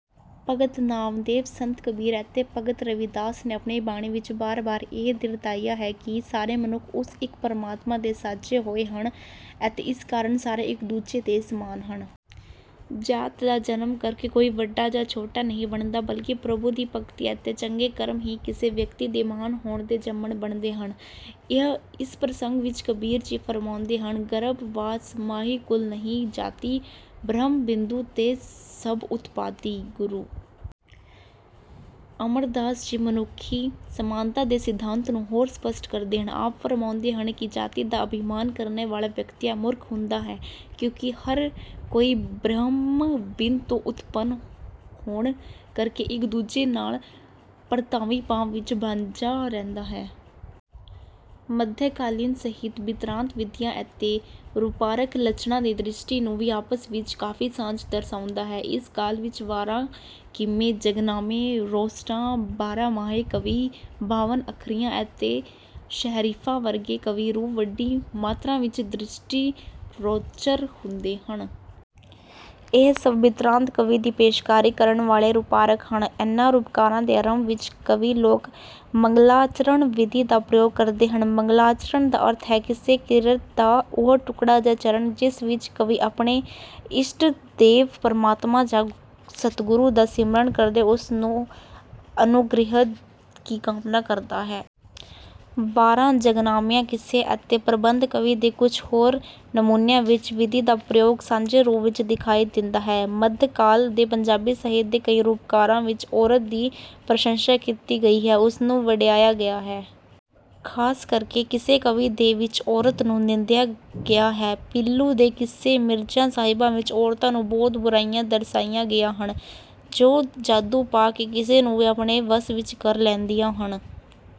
ਭਗਤ ਨਾਮਦੇਵ, ਸੰਤ ਕਬੀਰ ਅਤੇ ਭਗਤ ਰਵਿਦਾਸ ਨੇ ਆਪਣੀ ਬਾਣੀ ਵਿੱਚ ਬਾਰ-ਬਾਰ ਇਹ ਦ੍ਰਿੜਾਇਆ ਹੈ ਕਿ ਸਾਰੇ ਮਨੁੱਖ ਉਸ ਇੱਕ ਪਰਮਾਤਮਾ ਦੇ ਸਾਜੇ ਹੋਏ ਹਨ ਅਤੇ ਇਸ ਕਾਰਨ ਸਾਰੇ ਇੱਕ-ਦੂਜੇ ਦੇ ਸਮਾਨ ਹਨ। ਜ਼ਾਤ ਜਾਂ ਜਨਮ ਕਰਕੇ ਕੋਈ ਵੱਡਾ ਜਾਂ ਛੋਟਾ ਨਹੀਂ ਬਣਦਾ ਬਲਕਿ ਪ੍ਰਭੂ ਦੀ ਭਗਤੀ ਅਤੇ ਚੰਗੇ ਕਰਮ ਹੀ ਕਿਸੇ ਵਿਅਕਤੀ ਦੇ ਮਹਾਨ ਹੋਣ ਦੇ ਜ਼ਾਮਨ ਬਣਦੇ ਹਨ। ਇਸ ਪ੍ਰਸੰਗ ਵਿੱਚ ਕਬੀਰ ਜੀ ਫਰਮਾਉਂਦੇ ਹਨ:ਗਰਭ ਵਾਸ ਮਹਿ ਕੁਲੁ ਨਹੀ ਜਾਤੀ ਬ੍ਰਹਮ ਬਿੰਦੁ ਤੇ ਸਭ ਉਤਪਾਤੀ ॥"ਗੁਰੂ ਅਮਰਦਾਸ ਜੀ ਮਨੁੱਖੀ ਸਮਾਨਤਾ ਦੇ ਸਿਧਾਂਤ ਨੂੰ ਹੋਰ ਸਪਸ਼ਟ ਕਰਦੇ ਹਨ। ਆਪ ਫਰਮਾਉਂਦੇ ਹਨ ਕਿ ਜਾਤੀ ਦਾ ਅਭਿਮਾਨ ਕਰਨ ਵਾਲਾ ਵਿਅਕਤੀ ਮੂਰਖ ਹੁੰਦਾ ਹੈ ਕਿਉਂਕਿ ਹਰ ਕੋਈ ਬ੍ਰਹਮ-ਬਿੰਦ ਤੋਂ ਉਤਪੰਨ ਹੋਣ ਕਰਕੇ ਇੱਕ-ਦੂਜੇ ਨਾਲ ਭਰਾਤਰੀ-ਭਾਵ ਵਿੱਚ ਬੱਝਾ ਰਹਿੰਦਾ ਹੈ। ਮੱਧਕਾਲੀਨ ਸਾਹਿਤ, ਬ੍ਰਿਤਾਂਤ-ਵਿਧੀਆਂ ਅਤੇ ਰੂਪਾਕਾਰਕ ਲੱਛਣਾਂ ਦੀ ਦ੍ਰਿਸ਼ਟੀ ਤੋਂ ਵੀ ਆਪਸ ਵਿੱਚ ਕਾਫੀ ਸਾਂਝ ਦਰਸਾਉਂਦਾ ਹੈ। ਇਸ ਕਾਲ ਵਿੱਚ ਵਾਰਾਂ, ਕਿੱਸੇ, ਜੰਗਨਾਮੇ, ਗੋਸ਼ਟਾਂ, ਬਾਰਹਮਾਹਾ ਕਾਵਿ, ਬਾਵਨ-ਅੱਖਰੀਆਂ ਅਤੇ ਸੀਹਰਫ਼ੀਆਂ ਵਰਗੇ ਕਵਿ-ਰੂਪ ਵੱਡੀ ਮਾਤਰਾ ਵਿੱਚ ਦ੍ਰਿਸ਼ਟੀਗੋਚਰ ਹੁੰਦੇ ਹਨ। ਇਹ ਸਭ ਬ੍ਰਿਤਾਂਤ-ਕਾਵਿ ਦੀ ਪੇਸ਼ਕਾਰੀ ਕਰਨ ਵਾਲੇ ਰੂਪਾਕਾਰ ਹਨ। ਇਨ੍ਹਾਂ ਰੂਪਾਕਾਰਾਂ ਦੇ ਆਰੰਭ ਵਿੱਚ ਕਵੀ ਲੋਕ 'ਮੰਗਲਾਚਰਣ' ਵਿਧੀ ਦਾ ਪ੍ਰਯੋਗ ਕਰਦੇ ਹਨ। ਮੰਗਲਾਚਰਣ ਦਾ ਅਰਥ ਹੈ ਕਿਸੇ ਕਿਰਤ ਦਾ ਉਹ ਟੁਕੜਾ ਜਾਂ ਚਰਣ ਜਿਸ ਵਿੱਚ ਕਵੀ ਆਪਣੇ ਇਸ਼ਟਦੇਵ, ਪਰਮਾਤਮਾ ਜਾਂ ਸਤਿਗੁਰੂ ਦਾ ਸਿਮਰਨ ਕਰਕੇ ਉਸ ਤੋਂ ਅਨੁਗ੍ਰਹਿ ਦੀ ਕਾਮਨਾ ਕਰਦਾ ਹੈ। ਵਾਰਾਂ, ਜੰਗਨਾਮਿਆਂ, ਕਿੱਸਿਆਂ ਅਤੇ ਪ੍ਰਬੰਧ ਕਵਿ ਦੇ ਕੁੱਝ ਹੋਰ ਨਮੂਨਿਆਂ ਵਿੱਚ ਇਸ ਵਿਧੀ ਦਾ ਪ੍ਰਯੋਗ ਸਾਂਝੇ ਰੂਪ ਵਿੱਚ ਦਿਖਾਈ ਦਿੰਦਾ ਹੈ। ਮੱਧਕਾਲ ਦੇ ਪੰਜਾਬੀ ਸਾਹਿਤ ਦੇ ਕਈ ਰੂਪਾਕਾਰਾਂ ਵਿੱਚ ਔਰਤ ਦੀ ਪ੍ਰਸ਼ੰਸਾ ਕੀਤੀ ਗਈ ਹੈ; ਉਸਨੂੰ ਵਡਿਆਇਆ ਗਿਆ ਹੈ। ਖਾਸ ਕਰਕੇ ਕਿੱਸਾ ਕਾਵਿ ਦੇ ਵਿੱਚ ਔਰਤ ਨੂੰ ਨਿੰਦਿਆ ਗਿਆ ਹੈ। ਪੀਲੂ ਦੇ ਕਿੱਸੇ 'ਮਿਰਜ਼ਾ-ਸਾਹਿਬਾਂ' ਵਿੱਚ ਵੀ ਔਰਤਾਂ ਨੂੰ ਬਹੁਤ ਬੁਰੀਆਂ ਦਰਸਾਇਆ ਗਿਆ ਹੈ, ਜੋ ਜਾਦੂ ਪਾ ਕੇ ਕਿਸੇ ਨੂੰ ਵੀ ਆਪਣੇ ਵੱਸ ਵਿੱਚ ਕਰ ਲੈਂਦੀਆਂ ਹਨ।